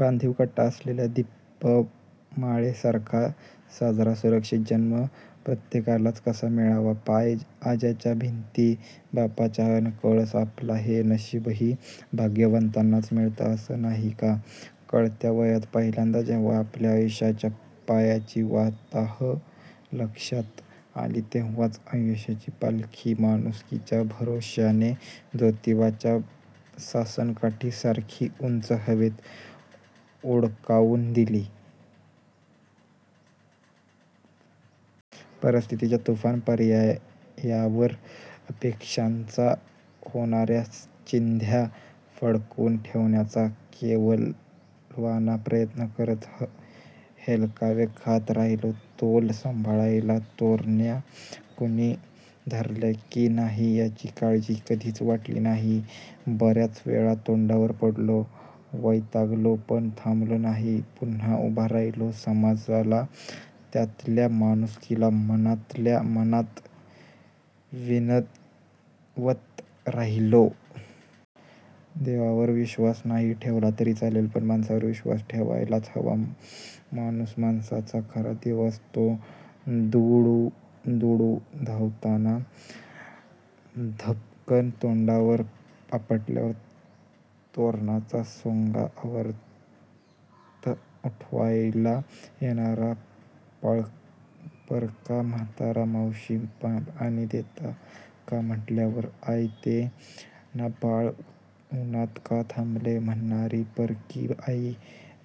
बांधिव कट्टा असलेल्या दीपमाळेसारखा साजरा सुरक्षीत जन्म प्रत्येकालाच कसा मिळावा? पाया आज्याचा, भिंती बापाच्या अन कळस आपला हे नशीबही भाग्यवंतांनाच मिळत असावं नाही का? कळत्या वयात पहिल्यांदा जेव्हा आपल्या आयुष्याच्या पायाची वाताहत लक्षात आली, तेव्हाच आयुष्याची पालखी माणुसकीच्या भरोश्याने जोतिबाच्या सासणकाठीसारखी उंच हवेत फडकावून दिली. परिस्थीतीच्या तुफान वार्यावर अपेक्षांच्या होणार्या चिंध्या पकडून ठेवण्याचा केविलवाणा प्रयत्न करत हेलकावे खात राहिलो. तोल सांभाळायला तोरण्या कुणी धरल्या की नाही. याची काळजी कधीच वाटली नाही, बर्याच वेळा तोंडावर पडलो, वैतागलो, पण थांबलो नाही. पुन्हा उभा राहिलो, समाजाला त्यातल्या माणुसकीला मनातल्या मनात विनवत राहिलो. देवावर विश्वास नाही ठेवला तरी चालेल पण माणसावर विश्वास ठेवायलाच हवा माणूसच माणसाचा खरा देव असतो. दुडू-दुडू धावताना धापकन तोंडवर आपटल्यावर धोतराचा सोगा आवरत उठवायला येणारा परका म्हातारा, 'मावशी पाणी देता का? ' म्हटल्यावर 'आत ये ना बाळा, उनात का थांबला' म्हणणारी परकी बाई,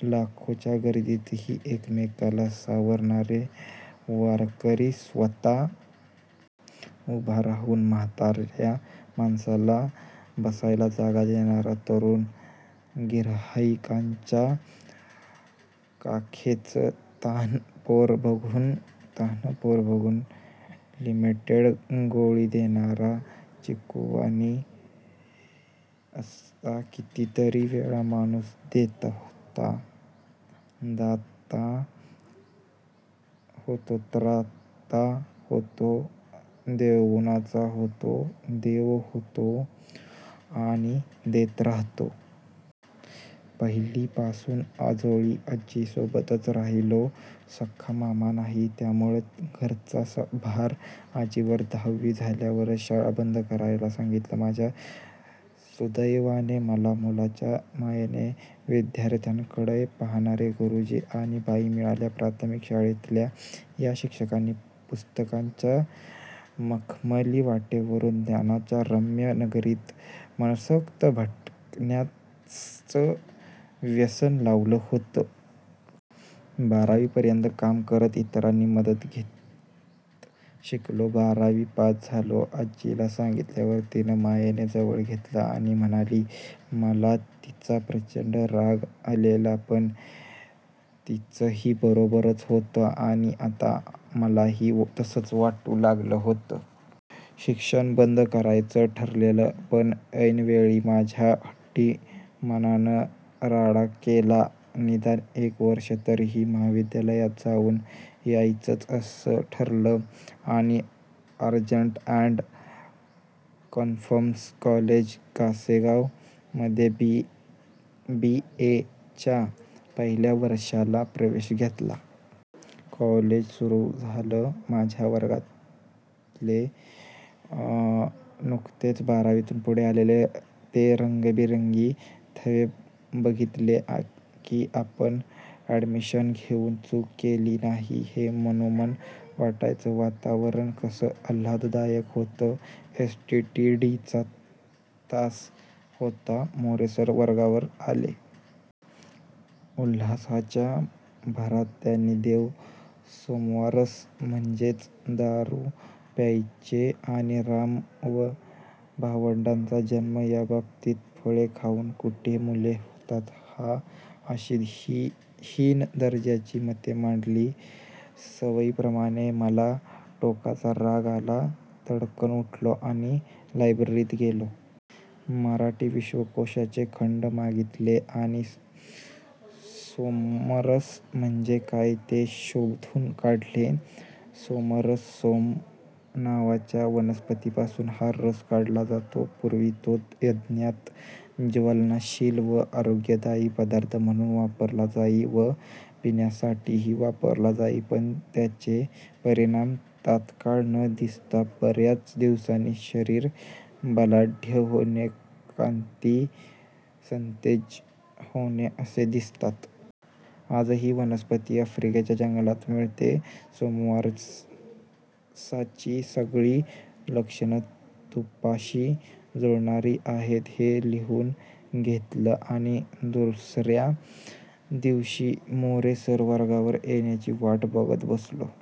लाखोंच्या गर्दीतही एकमेकाला सावरणारे वारकरी. स्वतः उभा राहून म्हातार्या माणसाला बसायला जागा देणारा तरूण गिर्हाईकाच्या काखेचं तान्हं पोर बघून लिमलेटची गोळी देणारा चिक्कु वाणी, असा कितीतरी वेळा माणूस देता होतो. दाता होतो, त्राता होतो, देवगुणाचा होतो, देव होतो आणि देत राहतो. पहिलीपासून आजोळी आज्जीसोबतच राहिलो. सख्खा मामा नाही त्यामुळं घराचा भार आजीवर. दहावी झाल्यावरच शाळा बंद करायला सांगितली. माझ्या सुदैवाने मला मुलाच्या मायेनं विध्यार्थांकडे पाहणारे गुरूजी आणि बाई मिळाल्या. प्राथमिक शाळेतल्या या शिक्षकांनी पुस्तकांच्या मखमली वाटेवरून ज्ञानाच्या रम्य नगरीत मनसोक्त भटकण्याचं व्यसन लावलं होतं. बारावी पर्यंत काम करत इतरांची मदत घेत शिकलो. बारावी पास झालो. आज्जीला सांगितल्यावर तिनं मायेनं जवळ घेतलं आणि म्हणाली, मला तिचा प्रचंड राग आलेला. पण तीचंही बरोबरच होतं. आणि आता मलाही तसच वाटू लागलं होतं. शिक्षण बंद करायचंच ठरलेलं पण ऐन वेळी माझ्या हट्टी मनानं राडा केला. निदान एक वर्ष तरी महाविद्यालयात जाऊन यायचच असं ठरलं आणि arts and commerce college Kasegaon मधे बीए च्या पहिल्या वर्षाला प्रवेश घेतला. कॉलेज सुरू झालं. माझ्या वर्गातले नुकतेच बारावीतून पुढे आलेले ते रंगबिरंगी थवे बघितले की आपण अॅडमिशन घेऊन चूक केली नाही हे मनोमन पटायचं, वातावरण कसं आल्हाददायक होतं. एस्. टी. डी चा तास होता मोरे सर वर्गावर आले. उत्साहाच्या भरात त्यानी देव सोमरस म्हणजेच दारू प्यायचे आणि राम व भावंडांचा जन्म याबाबतीत 'फळे खाऊन कुठे मुले होतात का? ' अशी हीन दर्जाची मते मांडली सवयीप्रमाणे मला टोकाचा राग आला. तडक उठलो आणि लायब्ररीत गेलो. मराठी विश्वकोषाचे खंड मागितले आणि सोमरस म्हणजे काय ते शोधून काढले. 'सोमरस सोम नावाच्या वनस्पतीपासून हा रस काढला जातो. पुर्वी तो यज्ञात ज्वलनशील व आरोग्यदायी पदार्थ म्हणून वापरला जाई व पिण्यासाठीही वापरला जाई पण त्याचे परिणाम तात्काळ न दिसता बर्याच दिवसांनी शरीर बलाढ्य होणे, कांती सतेज होणे, असे दिसतात. आजही ही वनस्पती अफ्रिकेच्या जंगलात मिळते. ' सोमरसाची सगळी लक्षणं तुपाशी जुळणारी आहेत. हे लिहून घेतलं आणि दुसर्या दिवशी मोरे सर वर्गावर येण्याची वाट बघत बसलो.